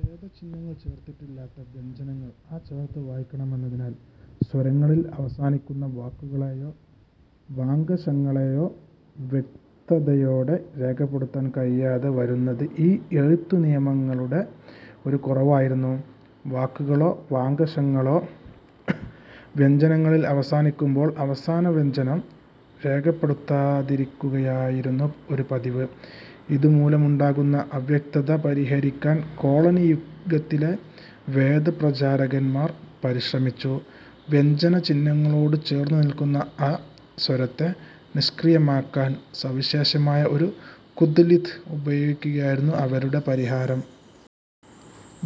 ഛേദചിഹ്നങ്ങൾ ചേർത്തിട്ടില്ലാത്ത വ്യഞ്ജനങ്ങൾ 'അ' ചേർത്തു വായിക്കണമെന്നതിനാൽ, സ്വരങ്ങളിൽ അവസാനിക്കുന്ന വാക്കുകളെയോ, വാഗംശങ്ങളെയോ വ്യക്തതയോടെ രേഖപ്പെടുത്താൻ കഴിയാതെ വരുന്നത് ഈ എഴുത്തുനിയമങ്ങളുടെ ഒരു കുറവായിരുന്നു. വാക്കുകളോ വാഗംശങ്ങളോ വ്യഞ്ജനങ്ങളിൽ അവസാനിക്കുമ്പോൾ, അവസാനവ്യഞ്ജനം രേഖപ്പെടുത്താതിരിക്കുകയായിരുന്നു ഒരു പതിവ്. ഇതുമൂലമുണ്ടാകുന്ന അവ്യക്തത പരിഹരിക്കാൻ കോളനിയുഗത്തിലെ വേദപ്രചാരകന്മാർ പരിശ്രമിച്ചു. വ്യഞ്ജനചിഹ്നങ്ങളോടു ചേർന്നുനിൽക്കുന്ന 'അ' സ്വരത്തെ നിഷ്ക്രിയമാക്കാൻ സവിശേഷമായ ഒരു 'കുദ്ലിത്' ഉപയോഗിക്കുകയായിരുന്നു അവരുടെ പരിഹാരം.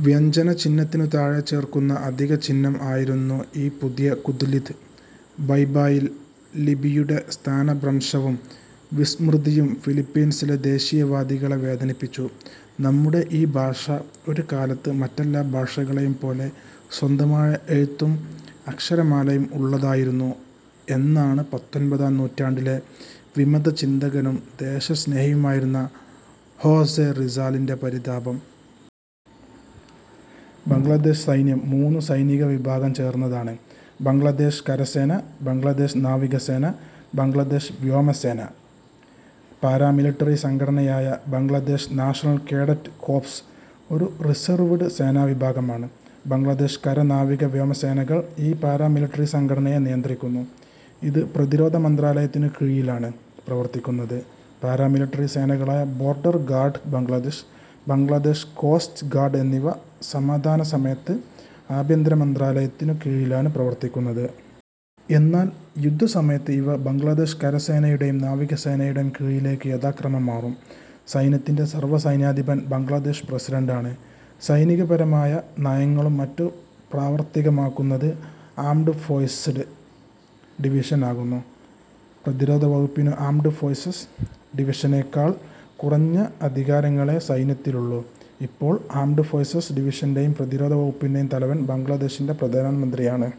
വ്യഞ്ജനചിഹ്നത്തിനു താഴെ ചേർക്കുന്ന അധികഛിഹ്നം ആയിരുന്നു ഈ പുതിയ 'കുദ്ലിത്'. ബയ്ബായിൽ ലിപിയുടെ സ്ഥാനഭ്രംശവും വിസ്മൃതിയും ഫിലിപ്പീൻസിലെ ദേശീയവാദികളെ വേദനിപ്പിച്ചു. "നമ്മുടെ ഈ ഭാഷ ഒരുകാലത്ത് മറ്റെല്ലാ ഭാഷകളേയും പോലെ സ്വന്തമായ എഴുത്തും അക്ഷരമാലയും ഉള്ളതായിരുന്നു" എന്നാണ് പത്തൊൻപതാം നൂറ്റാണ്ടിലെ വിമതചിന്തകനും ദേശസ്നേഹിയുമായിരുന്ന ഹോസെ റിസാലിന്റെ പരിതാപം. ബംഗ്ലാദേശ് സൈന്യം മൂന്നു സൈനികവിഭാഗം ചേർന്നതാണ്: ബംഗ്ലാദേശ് കരസേന, ബംഗ്ലാദേശ് നാവികസേന, ബംഗ്ലാദേശ് വ്യോമസേന. പാരാമിലിട്ടറി സംഘടനയായ ബംഗ്ലാദേശ് നാഷണൽ കേഡറ്റ് കോർപ്സ് ഒരു റിസർവ്ഡ് സേനാവിഭാഗമാണ്. ബംഗ്ലാദേശ് കര-നാവിക-വ്യോമസേനകൾ ഈ പാരാ മിലിട്ടറി സംഘടനയെ നിയന്ത്രിക്കുന്നു. ഇത് പ്രതിരോധ മന്ത്രാലയത്തിനു കീഴിലാണ് പ്രവർത്തിക്കുന്നത്. പാരാമിലിട്ടറി സേനകളായ border guard Bangladesh, Bangladesh coast guard എന്നിവ സമാധാനസമയത്ത് ആഭ്യന്തരമന്ത്രാലയത്തിനു കീഴിലാണു പ്രവർത്തിക്കുന്നത്. എന്നാൽ യുദ്ധസമയത്ത് ഇവ ബംഗ്ലാദേശ് കരസേനയുടെയും നാവികസേനയുടെയും കീഴിലേയ്ക്കു യഥാക്രമം മാറും. സൈന്യത്തിന്റെ സർവ്വസൈന്യാധിപൻ ബംഗ്ലാദേശ് പ്രസിഡന്റ് ആണ്. സൈനികപരമായ നയങ്ങളും മറ്റും പ്രാവർത്തികമാക്കുന്നത്, ആർമ്ഡ് ഫോഴ്സസ് ഡിവിഷൻ ആകുന്നു. പ്രതിരോധവകുപ്പിനു ആർമ്ഡ് ഫോഴ്സസ് ഡിവിഷനേക്കാൾ കുറഞ്ഞ അധികാരങ്ങളേ സൈന്യത്തിലുള്ളു. ഇപ്പോൾ, ആർമ്ഡ് ഫോഴ്സസ് ഡിവിഷന്റെയും പ്രതിരോധവകുപ്പിന്റെയും തലവൻ ബംഗ്ലാദേശിന്റെ പ്രധാനമന്ത്രിയാണ്.